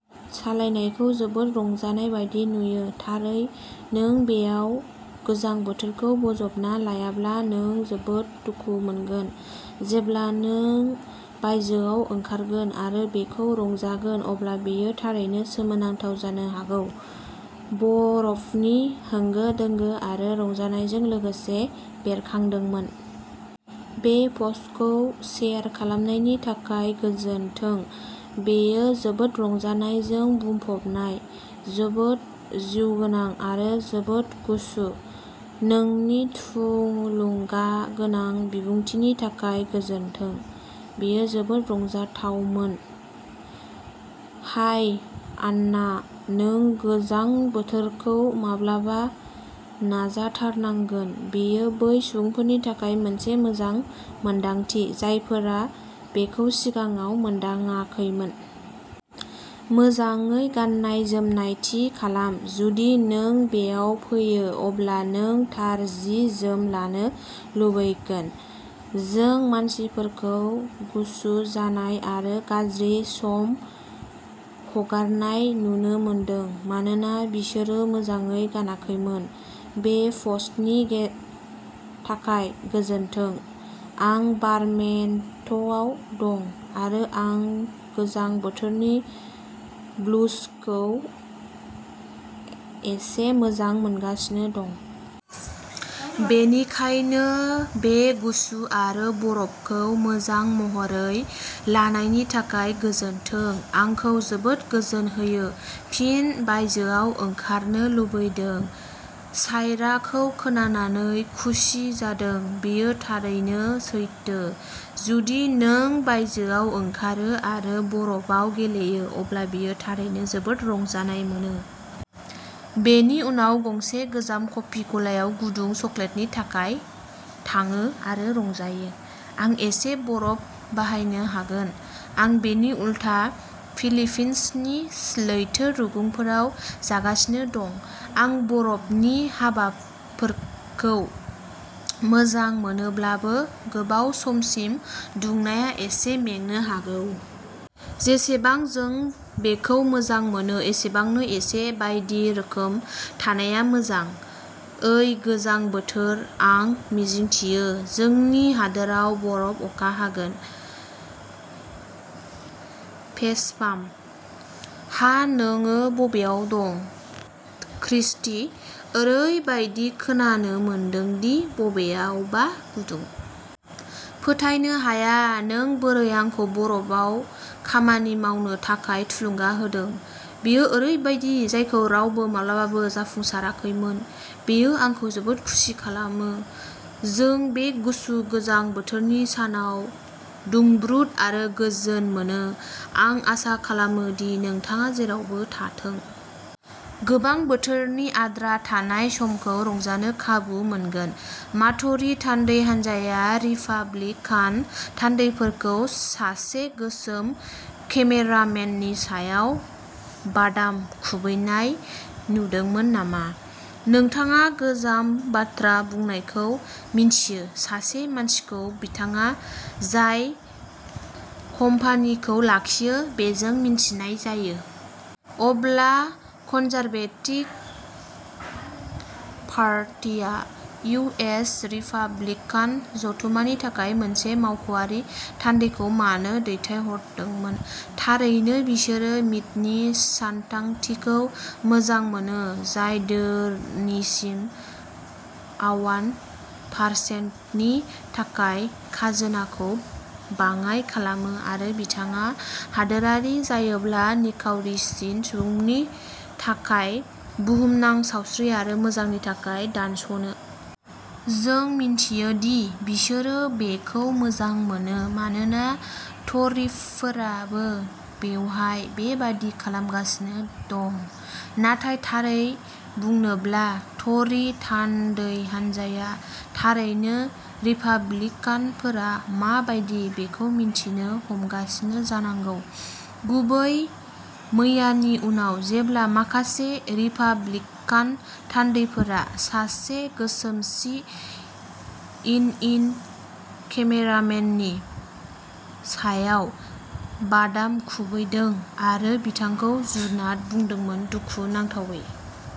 सालायनायखौ जोबोद रंजानाय बायदि नुयो। थारै नों बेयाव गोजां बोथोरखौ बोजबना लायाब्ला नों जोबोद दुखु मोनगोन। जेब्ला नों बायजोआव ओंखारगोन आरो बेखौ रंजागोन अब्ला बेयो थारैनो सोमोनांथाव जानो हागौ। बरफनि होंगो-दोंगो आरो रंजानायजों लोगोसे बेरखांदोंमोन। बे पस्टखौ सेयार खालामनायनि थाखाय गोजोन्थों। बेयो जोबोद रंजानायजों बुंफबनाय जोबोद जिउगोनां आरो जोबोद गुसु। नोंनि थुलुंगागोनां बिबुंथिनि थाखाय गोजोन्थों। बेयो जोबोद रंजाथावमोन। हाय आनना नों गोजां बोथोरखौ माब्लाबा नाजाथारनांगोन। बेयो बै सुबुंफोरनि थाखाय मोनसे मोजां मोनदांथि, जायफोरा बेखौ सिगाङाव मोनदाङाखैमोन। मोजाङै गाननाय-जोमनाय थि खालाम जुदि नों बेयाव फैयो अब्ला नों थार जि-जोम लानो लुबैगोन। जों मानसिफोरखौ गुसु जानाय आरो गाज्रि सम हगारनाय नुनो मोनदों मानोना बिसोरो मोजाङै गानाखैमोन। बे पस्टनि थाखाय गोजोन्थों। आं भारमेन्टआव दं आरो आं गोजां बोथोरनि ब्लुजखौ एसे मोजां मोनगासिनो दं। बेनिखायनो बे गुसु आरो बरफखौ मोजां महरै लानायनि थाखाय गोजोन्थों। आंखौ जोबोद गोजोन होयो। फिन बायजोआव ओंखारनो लुबैदों। सायराखौ खोनानानै खुसि जादों। बेयो थारैनो सैथो। जुदि नों बायजोआव ओंखारो आरो बरफाव गेलेयो। अब्ला बेयो थारैनो जोबोद रंजानाय मोनो। बेनि उनाव गंसे गोजाम कफि गलायाव गुदुं चकलेटनि थाखाय थाङो आरो रंजायो। आं एसे बरफ बाहायनो हागोन। आं बेनि उलथा फिलिपिन्सनि लैथो रुगुंफोराव जागासिनो दं। आं बरफनि हाबाफोरखौ मोजां मोनोब्लाबो गोबाव समसिम दुंनाया एसे मेंनो हागौ। जेसेबां जों बेखौ मोजां मोनो एसेबांनो एसे बायदि रोखोम थानाया मोजां। ओइ गोजां बोथोर आं मिजिंथियो जोंनि हादोराव बरफ अखा हागोन। फेसपाम। हा नों बबेयाव दं क्रिस्टी? ओरैबायदि खोनानो मोनो दि बबेयावबा गुदुं। फोथायनो हाया नों बोरै आंखौ बरफाव खामानि मावनो थाखाय थुलुंगा होदों। बेयो ओरैबायदि जायखौ रावबो माब्लाबाबो जाफुंसाराखैमोन। बेयो आंखौ जोबोद खुसि खालामो। जों बे गुसु गोजां बोथोरनि सानाव दुंब्रुद आरो गोजों मोनो। आं आसा खालामो दि नोंथाङा जेरावबो थाथों। गोबां बोथोरनि आद्रा थानाय समखौ रंजानो खाबु मोनगोन। मा ट'रि थान्दै हान्जाया रिपाब्लिकान थान्दैफोरखौ सासे गोसोम केमेरामेननि सायाव बादाम खुबैनाय नुदोंमोन नामा? नोंथाङा गोजाम बाथ्रा बुंनायखौ मिथियो सासे मानसिखौ बिथाङा जाय कम्पानिखौ लाखियो बेजों मिथिनाय जायो? अब्ला कनजारभेटिभ पार्टिआ इउ. एस. रिपाब्लिकान जथुमानि थाखाय मोनसे मावख'आरि थान्दैखौ मानो दैथायहरदोंमोन। थारैनो बिसोर मिटनि सानथांखिखौ मोजां मोनो जाय धोनिसिन अवान पारचेन्टनि थाखाय खाजोनाखौ बाङाय खालामो आरो बिथाङा हादोरगिरि जायोब्ला निखावरिसिन सुबुंफोरनि थाखाय बुहुमनां सावस्रि आरो मोजांनि थाखाय दानस'नो। जों मिथियो दि बिसोरो बेखौ मोजां मोनो मानोना ट'रिफोराबो बेवहाय बे बायदि खालामगासिनो दं। नाथाय थारै बुंनोब्ला ट'रि थान्दै हान्जाया थारैनो रिपाब्लिकानफोरा मा बायदि बेखौ मिन्थिनो हमगासिनो जानांगौ। गुबैयै मैयानि उनाव जेब्ला माखासे रिपाब्लिकान थान्दैफोरा सासे गोसोम सि एन एन केमेरामेननि सायाव बादाम खुबैदोंमोन आरो बिथांखौ जुनार बुंदोंमोन दुखु नांथावै।